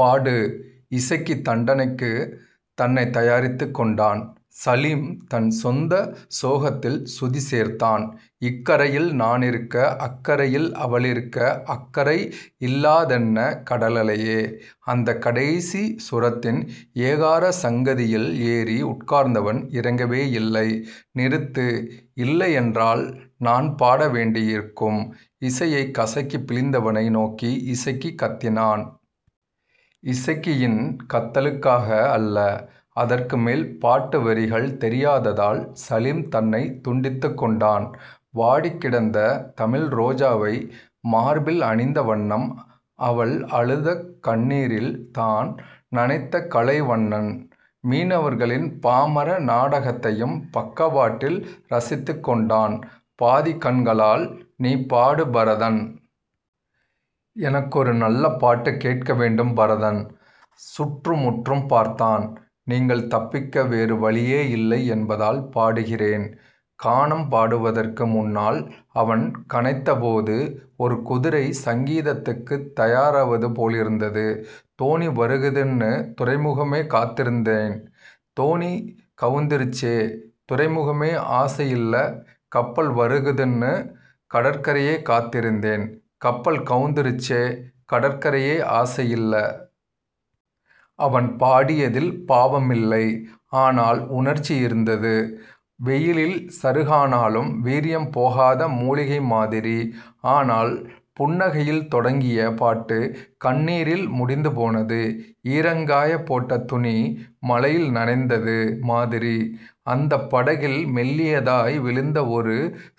பாடு. இசக்கி தண்டனைக்குத் தன்னைத் தயாரித்துக் கொண்டான். சலீம் தன் சொந்த சோகத்தில் சுதி சேர்த்தான். இக்கரையில் நானிருக்க அக்கரையில் அவளிருக்க அக்கறை இல்லாததென்ன கடலலையே. அந்தக் கடைசி சுரத்தின் ஏகாரசங்கதியில் ஏறி உட்கார்ந்தவன் இறங்கவேயில்லை. நிறுத்து. இல்லையென்றால் நான் பாட வேண்டியிருக்கும். இசையைக் கசக்கிப் பிழிந்தவனை நோக்கி இசக்கி கத்தினான். இசக்கியின் கத்தலுக்காக அல்ல அதற்கு மேல் பாட்டு வரிகள் தெரியாததால் சலீம் தன்னைத் துண்டித்துக் கொண்டான். வாடிக்கிடந்த தமிழ்ரோஜாவை மார்பில் அணிந்த வண்ணம், அவள் அழுத கண்ணீரில் தான் நனைந்த கலைவண்ணன், மீனவர்களின் பாமர நாடகத்தையும் பக்கவாட்டில் ரசித்துக் கொண்டான் பாதிக்கண்களால். நீ பாடு பரதன். எனக்கொரு நல்ல பாட்டுக் கேட்க வேண்டும் பரதன் சுற்றும்முற்றும் பார்த்தான். நீங்கள் தப்பிக்க வேறுவழியே இல்லை என்பதால் பாடுகிறேன். கானம் பாடுவதற்கு முன்னால் அவன் கனைத்தபோது ஒரு குதிரை சங்கீதத்துக்குத் தயாராவது போலிருந்தது. தோணி வருகுதுன்னு துறைமுகமே காத்திருந்தேன் தோணி கவுந்திருச்சே துறைமுகமே ஆசையில்ல கப்பல் வருகுதுன்னு கடற்கரையே காத்திருந்தேன் கப்பல் கவுந்திருச்சே கடற்கரையே ஆசையில்ல. அவன் பாடியதில் பாவமில்லை. ஆனால், உணர்ச்சி இருந்தது வெயிலில் சருகானாலும் வீரியம் போகாத முலிகை மாதிரி. ஆனால், புன்னகையில் தொடங்கிய பாட்டு கண்ணீரில் முடிந்து போனது ஈரங்காயப் போட்ட துணி மழையில் நனைந்தது மாதிரி. அந்தப் படகில் மெல்லியதாய் விழுந்த ஒரு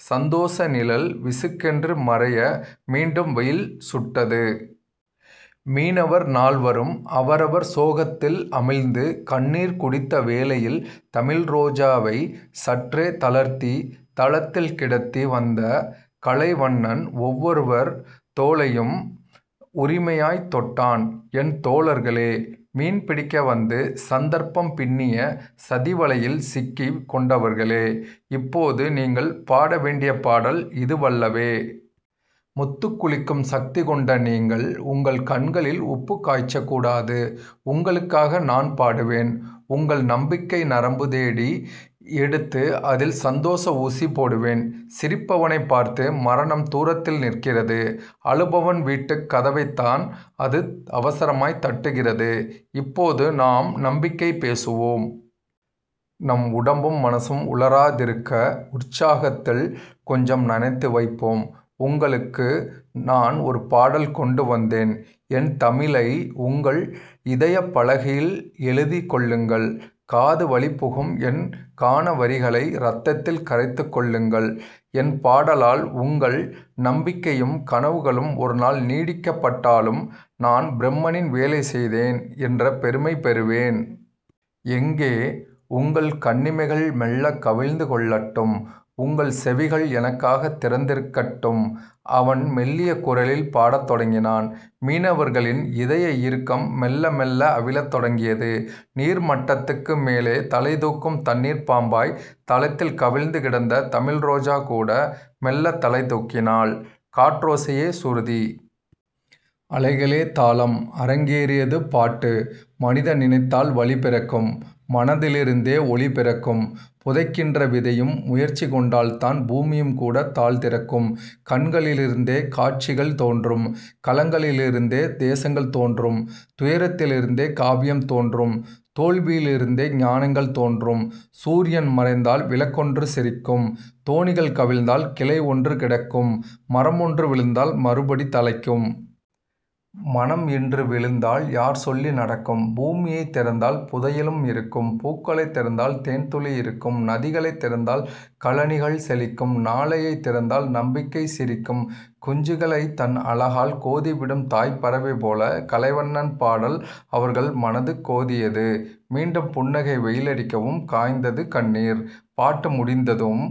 சந்தோஷ நிழல் விசுக்கென்று மறைய மீண்டும் வெயில் சுட்டது. மீனவர் நால்வரும் அவரவர் சோகத்தில் அமிழ்ந்து கண்ணீர் குடித்த வேளையில் தமிழ்ரோஜாவைச் சற்றே தளர்த்தித் தளத்தில் கிடத்தி வந்த கலைவண்ணன் ஒவ்வொருவர் தோளையும் உரிமையாய்த் தொட்டான். என் தோழர்களே. மீன் பிடிக்க வந்து சந்தர்ப்பம் பின்னிய சதிவலையில் சிக்கிக் கொண்டவர்களே. இப்போது நீங்கள் பாடவேண்டிய பாடல் இதுவல்லவே. முத்துக் குளிக்கும் சக்தி கொண்ட நீங்கள்... உங்கள் கண்களில் உப்புக் காய்ச்சக்கூடாது. உங்களுக்காக நான் பாடுவேன். உங்கள் நம்பிக்கை நரம்பு தேடி எடுத்து அதில் சந்தோஷ ஊசி போடுவேன். சிரிப்பவனைப் பார்த்து மரணம் தூரத்தில் நிற்கிறது. அழுபவன் வீட்டுக் கதவைத்தான் அது அவசரமாய்த் தட்டுகிறது. இப்போது நாம் நம்பிக்கை பேசுவோம். நம் உடம்பும் மனசும் உலராதிருக்க உற்சாகத்தில் கொஞ்சம் நனைத்து வைப்போம். உங்களுக்கு நான் ஒரு பாடல் கொண்டு வந்தேன். என் தமிழை உங்கள் இதயப் பலகையில் எழுதிக் கொள்ளுங்கள். காதுவழிப்புகும் என் கானவரிகளை ரத்தத்தில் கரைத்துக் கொள்ளுங்கள். என் பாடலால் உங்கள் நம்பிக்கையும் கனவுகளும் ஒருநாள் நீட்டிக்கப்பட்டாலும் நான் பிரம்மனின் வேலை செய்தேன் என்ற பெருமை பெறுவேன். எங்கே, உங்கள் கண்ணிமைகள் மெள்ளக் கவிழ்ந்து கொள்ளட்டும். உங்கள் செவிகள் எனக்காகத் திறந்திருக்கட்டும். அவன் மெல்லிய குரலில் பாடத்தொடங்கினான். மீனவர்களின் இதய இறுக்கம் மெள்ள மெள்ள அவிழத் தொடங்கியது. நீர்மட்டத்துக்கு மேலே தலைதூக்கும் தண்ணீர்ப்பாம்பாய்த் தளத்தில் கவிழ்ந்து கிடந்த தமிழ்ரோஜாகூட மெள்ளத் தலை தூக்கினாள். காற்றோசையே சுருதி. அலைகளே தாளம். அரங்கேறியது பாட்டு மனிதன் நினைத்தால் வழி பிறக்கும். மனதிலிருந்தே ஒளி பிறக்கும் புதைக்கின்ற விதையும் முயற்சி கொண்டால்தான் பூமியும்கூடத் தாழ் திறக்கும் கண்களிலிருந்தே காட்சிகள் தோன்றும் களங்களிலிருந்தே தேசங்கள் தோன்றும் துயரத்திலிருந்தே காவியம் தோன்றும் தோல்வியிலிருந்தே ஞானங்கள் தோன்றும் சூரியன் மறைந்தால் விளக்கொன்று சிரிக்கும் தோணிகள் கவிழ்ந்தால் கிளை ஒன்று கிடைக்கும் மரமொன்று விழுந்தால் மறுபடி தழைக்கும். மனம் இன்று விழுந்தால் யார் சொல்லி நடக்கும்? பூமியைத் திறந்தால் புதையலும் இருக்கும். பூக்களைத் திறந்தால் தேன்துளி இருக்கும் நதிகளைத் திறந்தால் கழனிகள் செழிக்கும் நாளையைத் திறந்தால் நம்பிக்கை சிரிக்கும். குஞ்சுகளைத் தன் அலகால் கோதிவிடும் தாய்ப்பறவை போல கலைவண்ணன் பாடல் அவர்கள் மனசு கோதியது. மீண்டும் புன்னகை வெயிலடிக்கவும் காய்ந்தது கண்ணீர். பாட்டு முடிந்ததும்